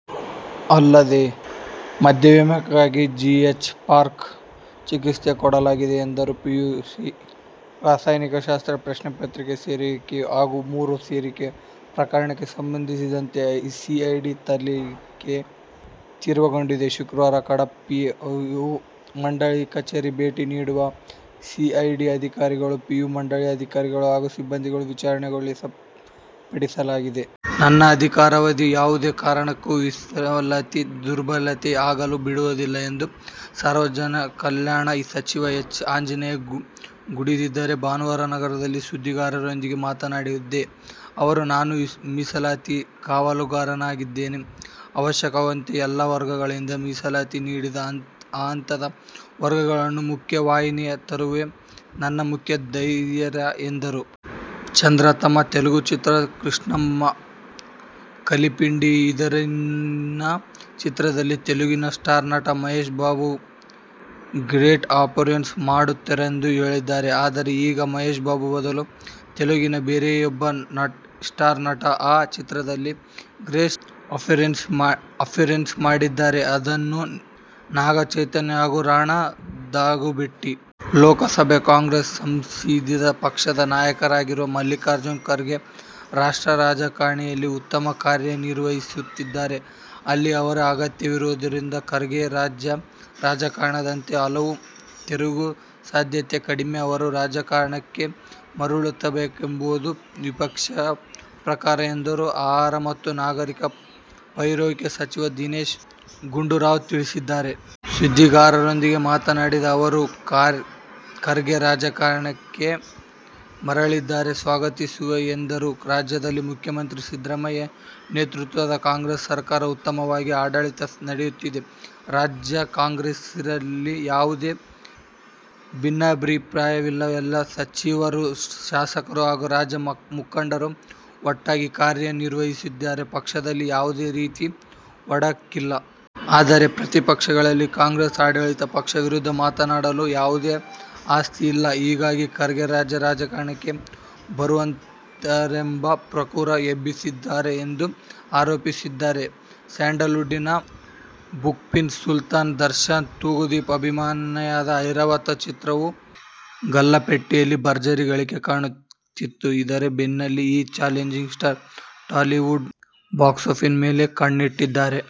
ಅಲ್ಲದೇ, ಮಧುಮೇಹಕ್ಕಾಗಿ G. H. Pack ಚಿಕಿತ್ಸೆ ಕೊಡಲಾಗಿದೆ ಎಂದರು. ಪಿಯುಸಿ ರಸಾಯನಶಾಸ್ತ್ರ ಪ್ರಶ್ನೆ ಪತ್ರಿಕೆ ಸೋರಿಕೆ ಹಾಗೂ ಮರು ಸೋರಿಕೆ ಪ್ರಕರಣಕ್ಕೆ ಸಂಬಂಧಿಸಿದಂತೆ ಸಿಐಡಿ ತನಿಖೆ ತೀವ್ರಗೊಂಡಿದೆ. ಶುಕ್ರವಾರ ಕೂಡ ಪಿಯು ಮಂಡಳಿ ಕಚೇರಿಗೆ ಭೇಟಿ ನೀಡಿರುವ ಸಿಐಡಿ ಅಧಿಕಾರಿಗಳು ಪಿಯು ಮಂಡಳಿಯ ಅಧಿಕಾರಿಗಳು ಹಾಗೂ ಸಿಬ್ಬಂದಿಯನ್ನು ವಿಚಾರಣೆಗೊಳಪಡಿಸಿದೆ. ನನ್ನ ಅಧಿಕಾರಾವಧಿಯಲ್ಲಿ ಯಾವುದೇ ಕಾರಣಕ್ಕೂ ಮೀಸಲಾತಿ ದುರ್ಬಳಕೆ ಆಗಲು ಬಿಡುವುದಿಲ್ಲ ಎಂದು ಸಮಾಜಕಲ್ಯಾಣ ಸಚಿವ ಎಚ್. ಆಂಜನೇಯ ಗುಡುಗಿದ್ದಾರೆ. ಭಾನುವಾರ ನಗರದಲ್ಲಿ ಸುದ್ದಿಗಾರರೊಂದಿಗೆ ಮಾತನಾಡಿದ ಅವರು, "ನಾನು ಮೀಸಲಾತಿಯ ಕಾವಲುಗಾರನಾಗಿದ್ದು, ಅವಕಾಶವಂಚಿತ ಎಲ್ಲಾ ವರ್ಗಗಳಿಗೆ ಮೀಸಲಾತಿ ನೀಡಿ ಅಂತಹ ವರ್ಗಗಳನ್ನು ಮುಖ್ಯವಾಹಿನಿಗೆ ತರುವುದೇ ನನ್ನ ಮುಖ್ಯ ಧ್ಯೇಯ' ಎಂದರು. ಚಂದ್ರು ತಮ್ಮ ತೆಲುಗು ಚಿತ್ರ "ಕೃಷ್ಣಮ್ಮ ಕಲಿಪಿಂದಿ ಇದ್ದಾರನಿ' ಚಿತ್ರದಲ್ಲಿ ತೆಲುಗಿನ ಸ್ಟಾರ್ ನಟ ಮಹೇಶ್ ಬಾಬು ಗೆಸ್ಟ್ ಅಪಿಯರೆನ್ಸ್ ಮಾಡುತ್ತಾರೆಂದು ಹೇಳಿದ್ದರು. ಆದರೆ, ಈಗ ಮಹೇಶ್ ಬಾಬು ಬದಲು ತೆಲುಗಿನ ಬೇರೆ ಇಬ್ಬರು ಸ್ಟಾರ್ ನಟರು ಆ ಚಿತ್ರದಲ್ಲಿ ಗೆಸ್ಟ್ ಅಪಿಯರೆನ್ಸ್ ಮಾಡಿದ್ದಾರೆ. ಅದು ನಾಗಚೈತನ್ಯ ಹಾಗೂ ರಾಣಾ ದಗ್ಗುಬಾಟಿ. ಲೋಕಸಭೆ ಕಾಂಗ್ರೆಸ್ ಸಂಸದೀಯ ಪಕ್ಷದ ನಾಯಕರಾಗಿರುವ ಮಲ್ಲಿಕಾರ್ಜುನ ಖರ್ಗೆ ರಾಷ್ಟ್ರ ರಾಜಕಾರಣದಲ್ಲಿ ಉತ್ತಮ ಕಾರ್ಯನಿರ್ವಹಿಸುತ್ತಿದ್ದಾರೆ. ಅಲ್ಲಿ ಅವರ ಅಗತ್ಯವಿರುವುದರಿಂದ ಖರ್ಗೆ ರಾಜ್ಯ ರಾಜಕಾರಣದತ್ತ ಒಲವು ತೋರುವ ಸಾಧ್ಯತೆ ಕಡಿಮೆ. ಅವರು ರಾಜ್ಯ ರಾಜಕಾರಣಕ್ಕೆ ಮರಳುತ್ತಾರೆಂಬುದು ವಿಪಕ್ಷಗಳ ಪುಕಾರು ಎಂದು ಆಹಾರ ಮತ್ತು ನಾಗರಿಕ ಪೂರೈಕೆ ಸಚಿವ ದಿನೇಶ ಗುಂಡೂರಾವ್ ತಿಳಿಸಿದ್ದಾರೆ. ಸುದ್ದಿಗಾರರೊಂದಿಗೆ ಮಾತನಾಡಿದ ಅವರು, ಖರ್ಗೆ ರಾಜ್ಯ ರಾಜಕಾರಣಕ್ಕೆ ಮರಳಿದರೆ ಸ್ವಾಗತಿಸುತ್ತೇವೆ ಎಂದರು. ರಾಜ್ಯದಲ್ಲಿ ಮುಖ್ಯಮಂತ್ರಿ ಸಿದ್ದರಾಮಯ್ಯ ನೇತೃತ್ವದ ಕಾಂಗ್ರೆಸ್ ಸರ್ಕಾರ ಉತ್ತಮವಾಗಿ ಆಡಳಿತ ನಡೆಸುತ್ತಿದೆ. ರಾಜ್ಯ ಕಾಂಗ್ರೆಸ್ಸಿಗರಲ್ಲಿ ಯಾವುದೇ ಭಿನ್ನಾಭಿಪ್ರಾಯವಿಲ್ಲ. ಎಲ್ಲ ಸಚಿವ-ಶಾಸಕರು ಹಾಗೂ ರಾಜ್ಯ ಮುಖಂಡರು ಒಗ್ಗಟ್ಟಾಗಿ ಕಾರ್ಯನಿರ್ವಹಿಸುತ್ತಿದ್ದಾರೆ. ಪಕ್ಷದಲ್ಲಿ ಯಾವುದೇ ರೀತಿಯ ಒಡಕಿಲ್ಲ. ಆದರೆ ಪ್ರತಿಪಕ್ಷಗಳಿಗೆ ಕಾಂಗ್ರೆಸ್ ಆಡಳಿತ ಪಕ್ಷದ ವಿರುದ್ಧ ಮಾತನಾಡಲು ಯಾವುದೇ ಅಸ್ತ್ರ ಇಲ್ಲ. ಹೀಗಾಗಿ ಖರ್ಗೆ ರಾಜ್ಯ ರಾಜಕಾರಣಕ್ಕೆ ಬರುತ್ತಾರೆಂಬ ಪುಕಾರು ಎಬ್ಬಿಸುತ್ತಿದ್ದಾರೆ ಎಂದು ಆರೋಪಿಸಿದರು. ಸ್ಯಾಂಡಲ್ ವುಡ್'ನ ಬಾಕ್ಸಾಫೀಸ್ ಸುಲ್ತಾನ್ ದರ್ಶನ್ ತೂಗುದೀಪ್ ಅಭಿನಯದ ಐರಾವತ ಚಿತ್ರವು ಗಲ್ಲಾಪೆಟ್ಟಿಗೆಯಲ್ಲಿ ಭರ್ಜರಿ ಗಳಿಕೆ ಕಾಣುತ್ತಿದೆ. ಇದರ ಬೆನ್ನಲ್ಲೇ ಈಗ ಚಾಲೆಂಜಿಂಗ್ ಸ್ಟಾರ್ ಟಾಲಿವುಡ್ ಬಾಕ್ಸಾಫೀಸ್ ಮೇಲೆ ಕಣ್ಣಿಟ್ಟಿದ್ದಾರೆ.